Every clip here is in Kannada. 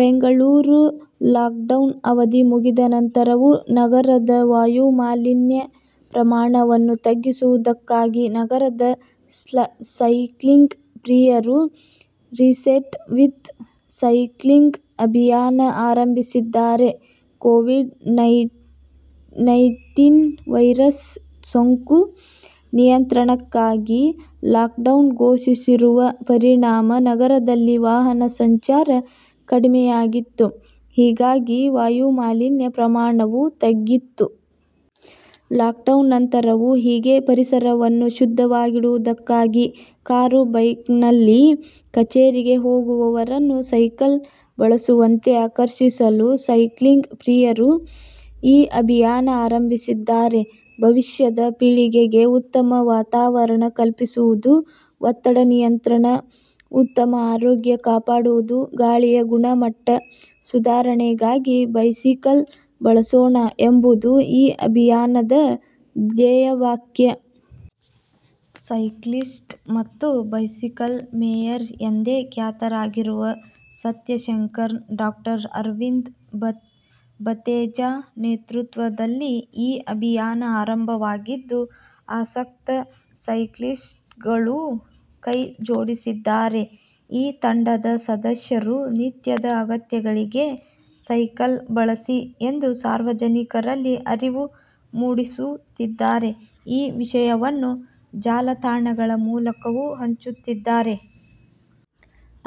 ಬೆಂಗಳೂರು: ಲಾಕ್ಡೌನ್ ಅವಧಿ ಮುಗಿದ ನಂತರವೂ, ನಗರದ ವಾಯುಮಾಲಿನ್ಯ ಪ್ರಮಾಣವನ್ನು ತಗ್ಗಿಸುವುದಕ್ಕಾಗಿ ನಗರದ ಸೈಕ್ಲಿಂಗ್ ಪ್ರಿಯರು 'ರಿಸೆಟ್ ವಿತ್ ಸೈಕ್ಲಿಂಗ್' ಅಭಿಯಾನ ಆರಂಭಿಸಿದ್ದಾರೆ. ಕೋವಿಡ್- ನೈನ್ಟೀನ್ ವೈರಸ್ ಸೋಂಕು ನಿಯಂತ್ರಣಕ್ಕಾಗಿ ಲಾಕ್ಡೌನ್ ಘೋಷಿಸಿರುವ ಪರಿಣಾಮ ನಗರದಲ್ಲಿ ವಾಹನ ಸಂಚಾರ ಕಡಿಮೆಯಾಗಿತ್ತು. ಹೀಗಾಗಿ ವಾಯುಮಾಲಿನ್ಯ ಪ್ರಮಾಣವೂ ತಗ್ಗಿತ್ತು. ಲಾಕ್ಡೌನ್ ನಂತರವೂ ಹೀಗೆ ಪರಿಸರವನ್ನು ಶುದ್ಧವಾಗಿಡುವುದಕ್ಕಾಗಿ ಕಾರು, ಬೈಕ್ನಲ್ಲಿ ಕಚೇರಿಗೆ ಹೋಗುವವರನ್ನು, ಸೈಕಲ್ ಬಳಸುವಂತೆ ಆಕರ್ಷಿಸಲು ಸೈಕ್ಲಿಂಗ್ ಪ್ರಿಯರು ಈ ಅಭಿಯಾನ ಅರಂಭಿಸಿದ್ದಾರೆ. 'ಭವಿಷ್ಯದ ಪೀಳಿಗೆಗೆ ಉತ್ತಮ ವಾತಾವರಣ ಕಲ್ಪಿಸುವುದು, ಒತ್ತಡ ನಿಯಂತ್ರಣ, ಉತ್ತಮ ಆರೋಗ್ಯ ಕಾಪಾಡುವುದು, ಗಾಳಿಯ ಗುಣಮಟ್ಟ ಸುಧಾರಣೆಗಾಗಿ ಬೈಸಿಕಲ್ ಬಳಸೋಣ' ಎಂಬುದು ಈ ಅಭಿಯಾನದ ಧ್ಯೇಯ ವಾಕ್ಯ. ಸೈಕ್ಲಿಸ್ಟ್ ಮತ್ತು ಬೈಸಿಕಲ್ ಮೇಯರ್ ಎಂದೇ ಖ್ಯಾತರಾಗಿರುವ ಸತ್ಯ ಶಂಕರನ್, ಡಾ. ಅರವಿಂದ್ ಭತೇಜಾ ನೇತೃತ್ವದಲ್ಲಿ ಈ ಅಭಿಯಾನ ಆರಂಭವಾಗಿದ್ದು, ಆಸಕ್ತ ಸೈಕ್ಲಿಸ್ಟ್ಗಳೂ ಕೈ ಜೋಡಿಸಿದ್ದಾರೆ. ಈ ತಂಡದ ಸದಸ್ಯರು, 'ನಿತ್ಯದ ಅಗತ್ಯಗಳಿಗೆ ಸೈಕಲ್'ಬಳಸಿ ಎಂದು ಸಾರ್ವಜನಿಕರಲ್ಲಿ ಅರಿವು ಮೂಡಿಸುತ್ತಿದ್ದಾರೆ. ಈ ವಿಷಯವನ್ನು ಜಾಲತಾಣಗಳ ಮೂಲಕವೂ ಹಂಚುತ್ತಿದ್ದಾರೆ.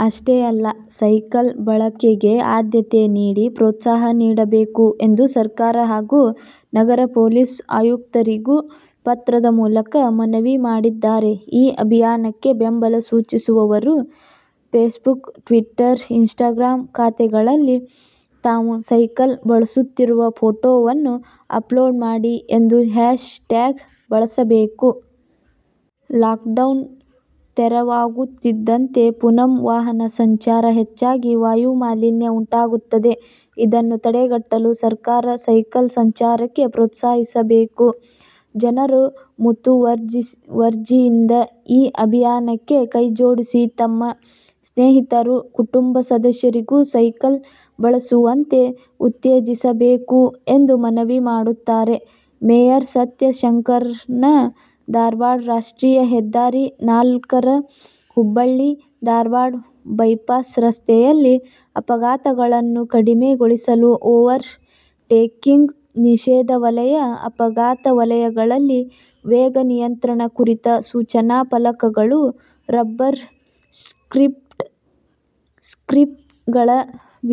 'ಅಷ್ಟೇ ಅಲ್ಲ, ಸೈಕಲ್ ಬಳಕೆಗೆ ಆದ್ಯತೆ ನೀಡಿ, ಪ್ರೋತ್ಸಾಹ ನೀಡಬೇಕು' ಎಂದು ಸರ್ಕಾರ ಹಾಗೂ ನಗರ ಪೊಲೀಸ್ ಆಯುಕ್ತರಿಗೂ ಪತ್ರದ ಮೂಲಕ ಮನವಿ ಮಾಡಿದ್ದಾರೆ. ಈ ಅಭಿಯಾನಕ್ಕೆ ಬೆಂಬಲ ಸೂಚಿಸುವವರು ಫೇಸ್ಬುಕ್, ಟ್ವಿಟ್ಟರ್, ಇನ್ಸ್ಟಾಗ್ರಾಂ ಖಾತೆಗಳಲ್ಲಿ ತಾವು ಸೈಕಲ್ ಬಳಸುತ್ತಿರುವ ಫೋಟೊವನ್ನು ಅಪ್ಲೋಡ್ ಮಾಡಿ ಎಂದು ಹ್ಯಾಷ್ ಟ್ಯಾಗ್ ಬಳಸಬೇಕು. 'ಲಾಕ್ಡೌನ್ ತೆರವಾಗುತ್ತಿದ್ದಂತೆ ಪುನಃ ವಾಹನ ಸಂಚಾರ ಹೆಚ್ಚಾಗಿ ವಾಯುಮಾಲಿನ್ಯ ಉಂಟಾಗುತ್ತದೆ. ಇದನ್ನು ತಡೆಗಟ್ಟಲು ಸರ್ಕಾರ ಸೈಕಲ್ ಸಂಚಾರಕ್ಕೆ ಪ್ರೋತ್ಸಾಹಿಸಬೇಕು. ಜನರೂ ಮುತುವರ್ಜಿಯಿಂದ ಈ ಅಭಿಯಾನಕ್ಕೆ ಕೈಜೋಡಿಸಿ, ತಮ್ಮ ಸ್ನೇಹಿತರು, ಕುಟುಂಬ ಸದಸ್ಯರಿಗೂ ಸೈಕಲ್ ಬಳಸುವಂತೆ ಉತ್ತೇಜಿಸಬೇಕು' ಎಂದು ಮನವಿ ಮಾಡುತ್ತಾರೆ ಮೇಯರ್ ಸತ್ಯ ಶಂಕರನ್. ಧಾರವಾಡ: ರಾಷ್ಟ್ರೀಯ ಹೆದ್ದಾರಿ ನಾಲ್ಕರ ಹುಬ್ಬಳ್ಳಿ-ಧಾರವಾಡ ಬೈಪಾಸ್ ರಸ್ತೆಯಲ್ಲಿ ಅಪಘಾತಗಳನ್ನು ಕಡಿಮೆಗೊಳಿಸಲು ಓವರ್ ಟೇಕಿಂಗ್ ನಿಷೇಧ ವಲಯ, ಅಪಘಾತ ವಲಯಗಳಲ್ಲಿ ವೇಗ ನಿಯಂತ್ರಣ ಕುರಿತ ಸೂಚನಾ ಫಲಕಗಳು, ರಬ್ಬರ್ ಸ್ಟ್ರಿಪ್ ಗಳ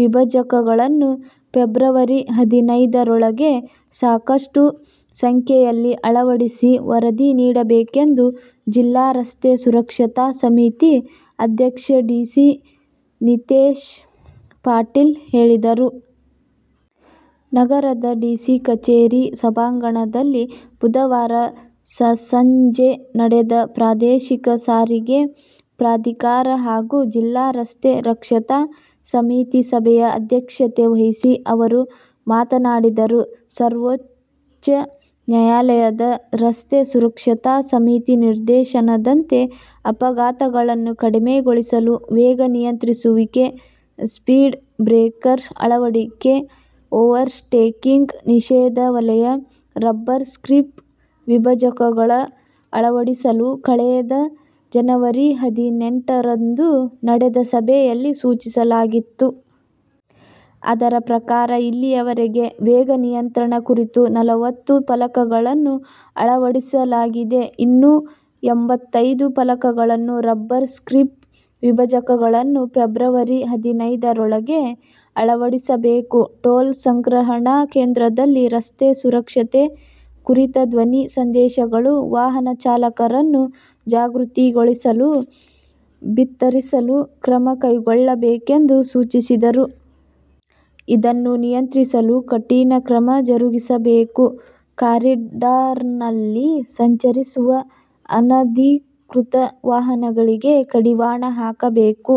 ವಿಭಜಕಗಳನ್ನು ಫೆಬ್ರವರಿ ಹದಿನೈದರೊಳಗೆ ಸಾಕಷ್ಟು ಸಂಖ್ಯೆಯಲ್ಲಿ ಅಳವಡಿಸಿ ವರದಿ ನೀಡಬೇಕೆಂದು ಜಿಲ್ಲಾ ರಸ್ತೆ ಸುರಕ್ಷತಾ ಸಮಿತಿ ಅಧ್ಯಕ್ಷ ಡಿಸಿ ನಿತೇಶ ಪಾಟೀಲ ಹೇಳಿದರು. ನಗರದ ಡಿಸಿ ಕಚೇರಿ ಸಭಾಂಗಣದಲ್ಲಿ ಬುಧವಾರ ಸಸಂಜೆ ನಡೆದ ಪ್ರಾದೇಶಿಕ ಸಾರಿಗೆ ಪ್ರಾಧಿಕಾರ ಹಾಗೂ ಜಿಲ್ಲಾ ರಸ್ತೆ ರಕ್ಷತಾ ಸಮಿತಿ ಸಭೆಯ ಅಧ್ಯಕ್ಷತೆ ವಹಿಸಿ ಅವರು ಮಾತನಾಡಿದರು. ಸರ್ವೋತ್ಛ ನ್ಯಾಯಾಲಯದ ರಸ್ತೆ ಸುರಕ್ಷತಾ ಸಮಿತಿ ನಿರ್ದೇಶನದಂತೆ ಅಪಘಾತಗಳನ್ನು ಕಡಿಮೆಗೊಳಿಸಲು ವೇಗ ನಿಯಂತ್ರಿಸುವಿಕೆ, ಸ್ಪೀಡ್ ಬ್ರೇಕರ್ ಅಳವಡಿಕೆ, ಓವರ್ ಟೇಕಿಂಗ್ ನಿಷೇಧ ವಲಯ, ರಬ್ಬರ್ ಸ್ಟ್ರಿಪ್ ವಿಭಜಕಗಳ ಅಳವಡಿಸಲು ಕಳೆದ ಜನವರಿ ಹದಿನೆಂಟರಂದು ನಡೆದ ಸಭೆಯಲ್ಲಿ ಸೂಚಿಸಲಾಗಿತ್ತು. ಅದರ ಪ್ರಕಾರ ಇಲ್ಲಿಯವರೆಗೆ ವೇಗ ನಿಯಂತ್ರಣ ಕುರಿತು ನಲವತ್ತು ಫಲಕಗಳನ್ನು ಅಳವಡಿಸಲಾಗಿದೆ. ಇನ್ನೂ ಎಂಬತ್ತೈದು ಫಲಕಗಳನ್ನು, ರಬ್ಬರ್ ಸ್ಟ್ರಿಪ್ ವಿಭಜಕಗಳನ್ನು ಫೆಬ್ರವರಿ ಹದಿನೈದರೊಳಗೆ ಅಳವಡಿಸಬೇಕು. ಟೋಲ್ ಸಂಗ್ರಹಣಾ ಕೇಂದ್ರದಲ್ಲಿ ರಸ್ತೆ ಸುರಕ್ಷತೆ ಕುರಿತ ಧ್ವನಿ ಸಂದೇಶಗಳು ವಾಹನ ಚಾಲಕರನ್ನು ಜಾಗೃತಿಗೊಳಿಸಲು ಬಿತ್ತರಿಸಲು ಕ್ರಮ ಕೈಗೊಳ್ಳಬೇಕೆಂದು ಸೂಚಿಸಿದರು. ಇದನ್ನು ನಿಯಂತ್ರಿಸಲು ಕಠಿಣ ಕ್ರಮ ಜರುಗಿಸಬೇಕು. ಕಾರಿಡಾರ್ನಲ್ಲಿ ಸಂಚರಿಸುವ ಅನ ಧಿಕೃತ ವಾಹನಗಳಿಗೆ ಕಡಿವಾಣ ಹಾಕಬೇಕು.